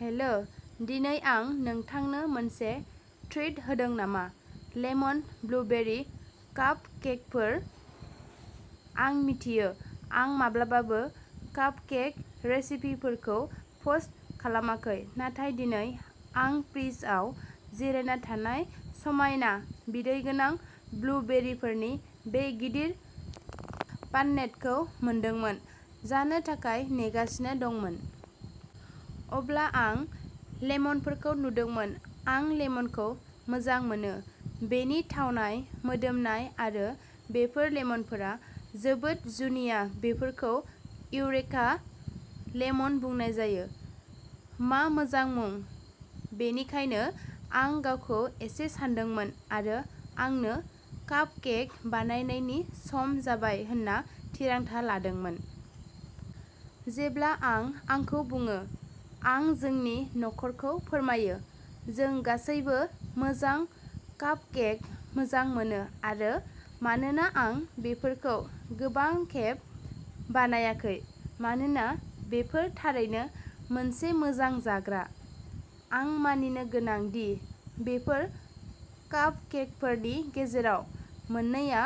Hello, दिनै आं नोंथांनो मोनसे ट्रिट होदों नामा। लेमन ब्लुबेरि कापकेकफोर। आं मिथियो, आं माब्लाबाबो कापकेक रेसिपिफोरखौ पस्ट खालामाखै, नाथाय दिनै, आं फ्रिजआव जिरायना थानाय समायना, बिदै गोनां, ब्लुबेरिफोरनि बे गिदिर पाननेटखौ मोनदोंमोन, जानो थाखाय नेगासिनो दंमोन। अब्ला आं लेमनफोरखौ नुदोंमोन। आं लेमनखौ मोजां मोनो, बेनि थावनाय, मोदोमनाय आरो बेफोर लेमनफोरा जोबोद जुनिया बेफोरखौ इउरेका लेमन बुंनाय जायो। मा मोजां मुं। बेनिखायनो आं गावखौ एसे सानदोंमोन आरो आंनो कापकेक बानायनायनि सम जाबाय होनना थिरांथा लादोंमोन। जेब्ला आं आंखौ बुङो। आं जोंनि नखरखौ फोरमायो। जों गासैबो मोजां कापकेक मोजां मोनो आरो मानोना आं बेफोरखौ गोबां खेब बानायाखै मानोना बेफोर थारैनो मोनसे मोजां जाग्रा। आं मानिनो गोनां दि, बेफोर कापकेकफोरनि गेजेराव मोननैया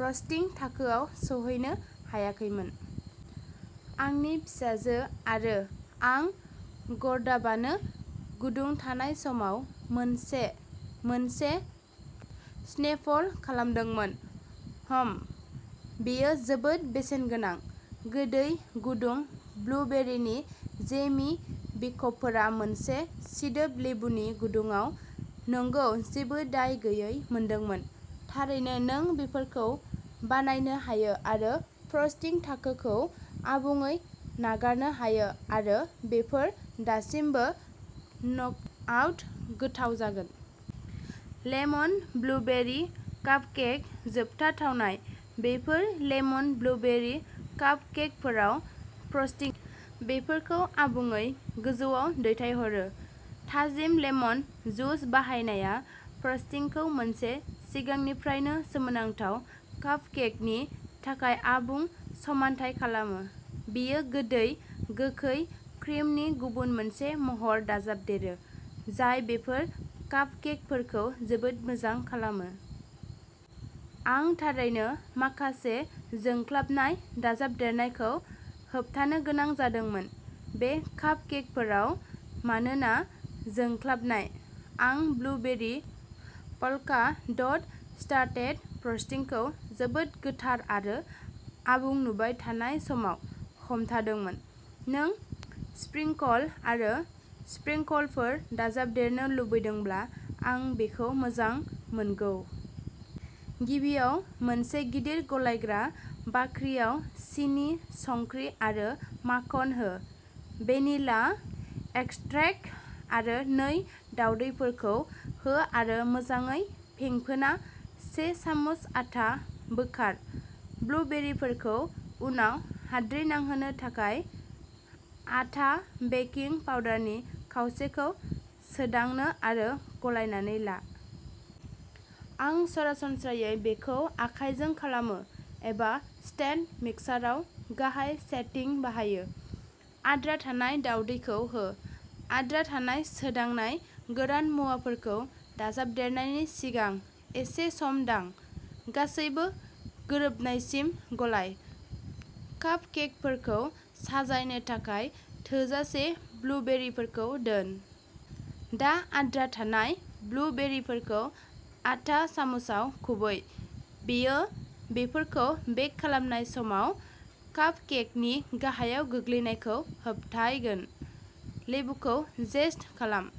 फ्रस्टिं थाखोआव सौहैनो हायाखैमोन। आंनि फिसाजो आरो आं गरदाबानो गुदुं थानाय समाव मोनसे मोनसे स्नेफल खालामदोंमोन। हम्म। बेयो जोबोद बेसेनगोनां। गोदै, गुदुं ब्लुबेरिनि जेमि बिखबफोरा मोनसे सिदोब लेबुनि गुदुङाव, नंगौ जेबो दाय गैयै मोनदोंमोन। थारैनो नों बेफोरखौ बानायनो हायो आरो फ्रस्टिं थाखोखौ आबुङै नागारनो हायो आरो बेफोर दासिमबो नकआउट गोथाव जागोन! लेमन ब्लुबेरि कापकेक जोबथा थावनाय। बेफोर लेमन ब्लुबेरि कापकेकफोराव फ्रस्टिंआ बेफोरखौ आबुङै गोजौआव दैथायहरो। थाजिम लेमन जुस बाहायनाया फ्रस्टिंखौ मोनसे सिगांनिफ्रायनो सोमोनांथाव कापकेकनि थाखाय आबुं समानथाय खालामो। बियो गोदै गोखै क्रिमनि गुबुन मोनसे महर दाजाबदेरो जाय बेफोर कापकेकफोरखौ जोबोद मोजां खालामो। आं थारैनो माखासे जोंख्लाबनाय दाजाबदेरनायखौ होबथानो गोनां जादोंमोन। बे कापकेकफोराव मानोना जोंख्लाबनाय? आं ब्लुबेरि, पल्का डट स्टाडेड फ्रस्टिंखौ जोबोद गोथार आरो आबुं नुबाय थानाय समाव हमथादोंमोन। नों स्प्रिंकल आरो स्प्रिंकलफोर दाजाबदेरनो लुबैदोंब्ला, आं बेखौ मोजां मोनगौ। गिबियाव मोनसे गिदिर गलायग्रा बाख्रियाव सिनि, संख्रि आरो माखन हो। भेनिला एक्सट्रैक्ट आरो नै दावदैफोरखौ हो आरो मोजाङै फेंफोना से सामुस आटा बोखार, ब्लुबेरिफोरखौ उनाव हाद्रि नांहोनो थाखाय। आटा बेकिं पाउडारनि खावसेखौ सोदांनो आरो गलायनानै ला। आं सरासनस्रायै बेखौ आखायजों खालामो, एबा स्टेन्ड मिक्साराव गाहाय सेटिं बाहायो। आद्रा थानाय दावदैखौ हो। आद्रा थानाय सोदांनाय, गोरान मुवाफोरखौ दाजाबदेरनायनि सिगां एसे सम दां। गासैबो गोरोबनायसिम गलाय। कापकेकफोरखौ साजायनो थाखाय थोजासे ब्लुबेरिफोरखौ दोन। दा आद्रा थानाय ब्लुबेरिफोरखौ आटा सामुसआव खुबै। बेयो बेफोरखौ बेक खालामनाय समाव कापकेकनि गाहायाव गोग्लैनायखौ होबथायगोन। लेबुखौ जेस्ट खालाम।